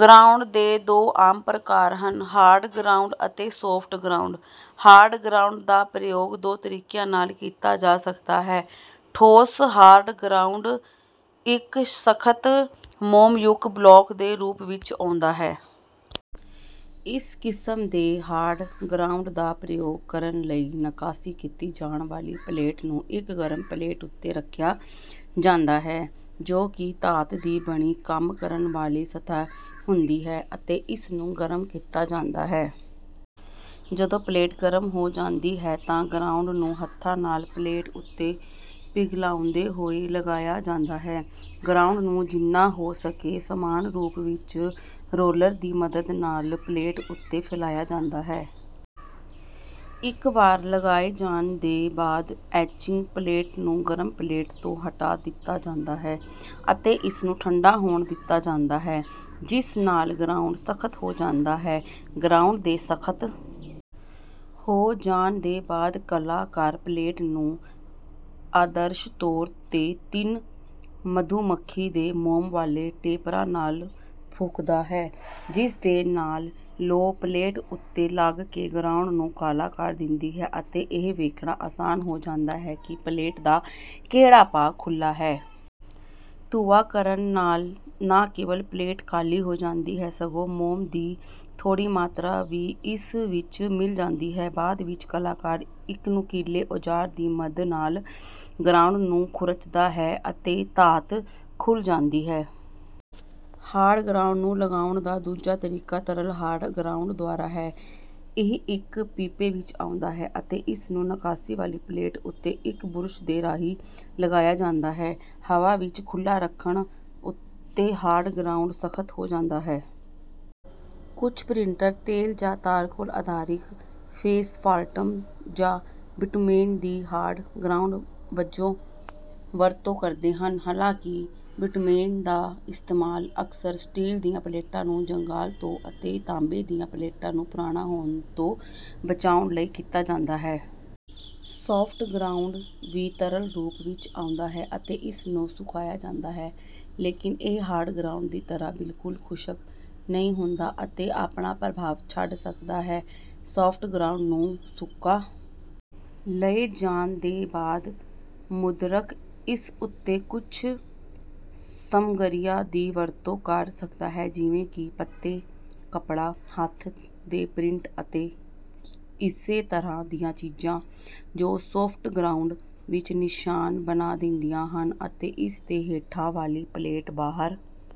Ground ਦੇ ਦੋ ਆਮ ਪ੍ਰਕਾਰ ਹਨ: ਹਾਰਡ ਗਰਾਉਂਡ ਅਤੇ ਸਾਫਟ ਗਰਾਉਂਡ। ਹਾਰਡ ਗਰਾਉਂਡ ਦਾ ਪ੍ਰਯੋਗ ਦੋ ਤਰੀਕਿਆਂ ਨਾਲ ਕੀਤਾ ਜਾ ਸਕਦਾ ਹੈ। ਠੋਸ ਹਾਰਡ ਗਰਾਉਂਡ ਇੱਕ ਸਖ਼ਤ ਮੋਮਯੁਕਤ ਬਲਾਕ ਦੇ ਰੂਪ ਵਿੱਚ ਆਉਂਦਾ ਹੈ। ਇਸ ਕਿਸਮ ਦੇ ਹਾਰਡ ਗਰਾਉਂਡ ਦਾ ਪ੍ਰਯੋਗ ਕਰਨ ਲਈ ਨੱਕਾਸ਼ੀ ਕੀਤੀ ਜਾਣ ਵਾਲੀ ਪਲੇਟ ਨੂੰ ਇੱਕ ਗਰਮ ਪਲੇਟ ਉੱਤੇ ਰੱਖਿਆ ਜਾਂਦਾ ਹੈ, ਜੋ ਕਿ ਧਾਤ ਦੀ ਬਣੀ ਕੰਮ ਕਰਨ ਵਾਲੀ ਸਤ੍ਹਾ ਹੁੰਦੀ ਹੈ ਅਤੇ ਇਸਨੂੰ ਗਰਮ ਕੀਤਾ ਜਾਂਦਾ ਹੈ। ਜਦੋਂ ਪਲੇਟ ਗਰਮ ਹੋ ਜਾਂਦੀ ਹੈ ਤਾਂ ਗਰਾਉਂਡ ਨੂੰ ਹੱਥਾਂ ਨਾਲ ਪਲੇਟ ਉੱਤੇ ਪਿਘਲਾਉਂਦੇ ਹੋਏ ਲਗਾਇਆ ਜਾਂਦਾ ਹੈ। ਗਰਾਉਂਡ ਨੂੰ ਜਿੰਨਾ ਹੋ ਸਕੇ ਸਮਾਨ ਰੂਪ ਵਿੱਚ ਰੌਲਰ ਦੀ ਮਦਦ ਨਾਲ ਪਲੇਟ ਉੱਤੇ ਫੈਲਾਇਆ ਜਾਂਦਾ ਹੈ। ਇੱਕ ਵਾਰ ਲਗਾਏ ਜਾਣ ਦੇ ਬਾਅਦ ਐਚਿੰਗ ਪਲੇਟ ਨੂੰ ਗਰਮ ਪਲੇਟ ਤੋਂ ਹਟਾ ਦਿੱਤਾ ਜਾਂਦਾ ਹੈ ਅਤੇ ਇਸਨੂੰ ਠੰਢਾ ਹੋਣ ਦਿੱਤਾ ਜਾਂਦਾ ਹੈ, ਜਿਸ ਨਾਲ ਗਰਾਉਂਡ ਸਖ਼ਤ ਹੋ ਜਾਂਦਾ ਹੈ। ਗਰਾਉਂਡ ਦੇ ਸਖ਼ਤ ਹੋ ਜਾਣ ਦੇ ਬਾਅਦ ਕਲਾਕਾਰ ਪਲੇਟ ਨੂੰ ਆਦਰਸ਼ ਤੌਰ 'ਤੇ ਤਿੰਨ ਮਧੂਮੱਖੀ ਦੇ ਮੋਮ ਵਾਲੇ ਟੇਪਰਾਂ ਨਾਲ ਫੂਕਦਾ ਹੈ, ਜਿਸਦੇ ਨਾਲ ਲੌ ਪਲੇਟ ਉੱਤੇ ਲੱਗ ਕੇ ਗਰਾਉਂਡ ਨੂੰ ਕਾਲਾ ਕਰ ਦਿੰਦੀ ਹੈ ਅਤੇ ਇਹ ਵੇਖਣਾ ਆਸਾਨ ਹੋ ਜਾਂਦਾ ਹੈ ਕਿ ਪਲੇਟ ਦਾ ਕਿਹੜਾ ਭਾਗ ਖੁੱਲ੍ਹਾ ਹੈ। ਧੂੰਆਂ ਕਰਨ ਨਾਲ ਨਾ ਕੇਵਲ ਪਲੇਟ ਕਾਲੀ ਹੋ ਜਾਂਦੀ ਹੈ ਸਗੋਂ ਮੋਮ ਦੀ ਥੋੜ੍ਹੀ ਮਾਤਰਾ ਵੀ ਇਸ ਵਿੱਚ ਮਿਲ ਜਾਂਦੀ ਹੈ। ਬਾਅਦ ਵਿੱਚ ਕਲਾਕਾਰ ਇੱਕ ਨੁਕੀਲੇ ਔਜ਼ਾਰ ਦੀ ਮਦ ਨਾਲ ਗਰਾਉਂਡ ਨੂੰ ਖੁਰਚਦਾ ਹੈ ਅਤੇ ਧਾਤ ਖੁੱਲ੍ਹ ਜਾਂਦੀ ਹੈ। ਹਾਰਡ ਗਰਾਉਂਡ ਨੂੰ ਲਗਾਉਣ ਦਾ ਦੂਜਾ ਤਰੀਕਾ ਤਰਲ ਹਾਰਡ ਗਰਾਉਂਡ ਦੁਆਰਾ ਹੈ। ਇਹ ਇੱਕ ਪੀਪੇ ਵਿੱਚ ਆਉਂਦਾ ਹੈ ਅਤੇ ਇਸਨੂੰ ਨੱਕਾਸ਼ੀ ਵਾਲੀ ਪਲੇਟ ਉੱਤੇ ਇੱਕ ਬੁਰਸ਼ ਦੇ ਰਾਹੀਂ ਲਗਾਇਆ ਜਾਂਦਾ ਹੈ। ਹਵਾ ਵਿੱਚ ਖੁੱਲ੍ਹਾ ਰੱਖਣ ਉੱਤੇ ਹਾਰਡ ਗਰਾਉਂਡ ਸਖ਼ਤ ਹੋ ਜਾਂਦਾ ਹੈ। ਕੁਝ ਪ੍ਰਿੰਟਰ ਤੇਲ ਜਾਂ ਤਾਰਕੋਲ ਆਧਾਰਿਤ ਏਸਫਾਲਟਮ ਜਾਂ ਬਿਟੁਮੇਨ ਦੀ ਹਾਰਡ ਗਰਾਉਂਡ ਵਜੋਂ ਵਰਤੋਂ ਕਰਦੇ ਹਨ, ਹਾਲਾਂਕਿ ਬਿਟੁਮੇਨ ਦਾ ਇਸਤੇਮਾਲ ਅਕਸਰ ਸਟੀਲ ਦੀਆਂ ਪਲੇਟਾਂ ਨੂੰ ਜੰਗਾਲ ਤੋਂ ਅਤੇ ਤਾਂਬੇ ਦੀਆਂ ਪਲੇਟਾਂ ਨੂੰ ਪੁਰਾਣਾ ਹੋਣ ਤੋਂ ਬਚਾਉਣ ਲਈ ਕੀਤਾ ਜਾਂਦਾ ਹੈ। ਸਾਫਟ ਗਰਾਉਂਡ ਵੀ ਤਰਲ ਰੂਪ ਵਿੱਚ ਆਉਂਦਾ ਹੈ ਅਤੇ ਇਸਨੂੰ ਸੁਕਾਇਆ ਜਾਂਦਾ ਹੈ, ਲੇਕਿਨ ਇਹ ਹਾਰਡ ਗਰਾਉਂਡ ਦੀ ਤਰ੍ਹਾਂ ਬਿਲਕੁਲ ਖੁਸ਼ਕ ਨਹੀਂ ਹੁੰਦਾ ਅਤੇ ਆਪਣਾ ਪ੍ਰਭਾਵ ਛੱਡ ਸਕਦਾ ਹੈ। ਸਾਫਟ ਗਰਾਉਂਡ ਨੂੰ ਸੁਕਾ ਲਏ ਜਾਣ ਦੇ ਬਾਅਦ ਮੁਦਰਕ ਇਸ ਉੱਤੇ ਕੁਝ ਸਮੱਗਰੀਆਂ ਦੀ ਵਰਤੋਂ ਕਰ ਸਕਦਾ ਹੈ ਜਿਵੇਂ ਕਿ ਪੱਤੇ, ਕੱਪੜਾ, ਹੱਥ ਦੇ ਪ੍ਰਿੰਟ ਅਤੇ ਇਸੇ ਤਰ੍ਹਾਂ ਦੀਆਂ ਚੀਜ਼ਾਂ, ਜੋ ਸਾਫਟ ਗਰਾਉਂਡ ਵਿੱਚ ਨਿਸ਼ਾਨ ਬਣਾ ਦਿੰਦੀਆਂ ਹਨ ਅਤੇ ਇਸਦੇ ਹੇਠਾਂ ਵਾਲੀ ਪਲੇਟ ਬਾਹਰ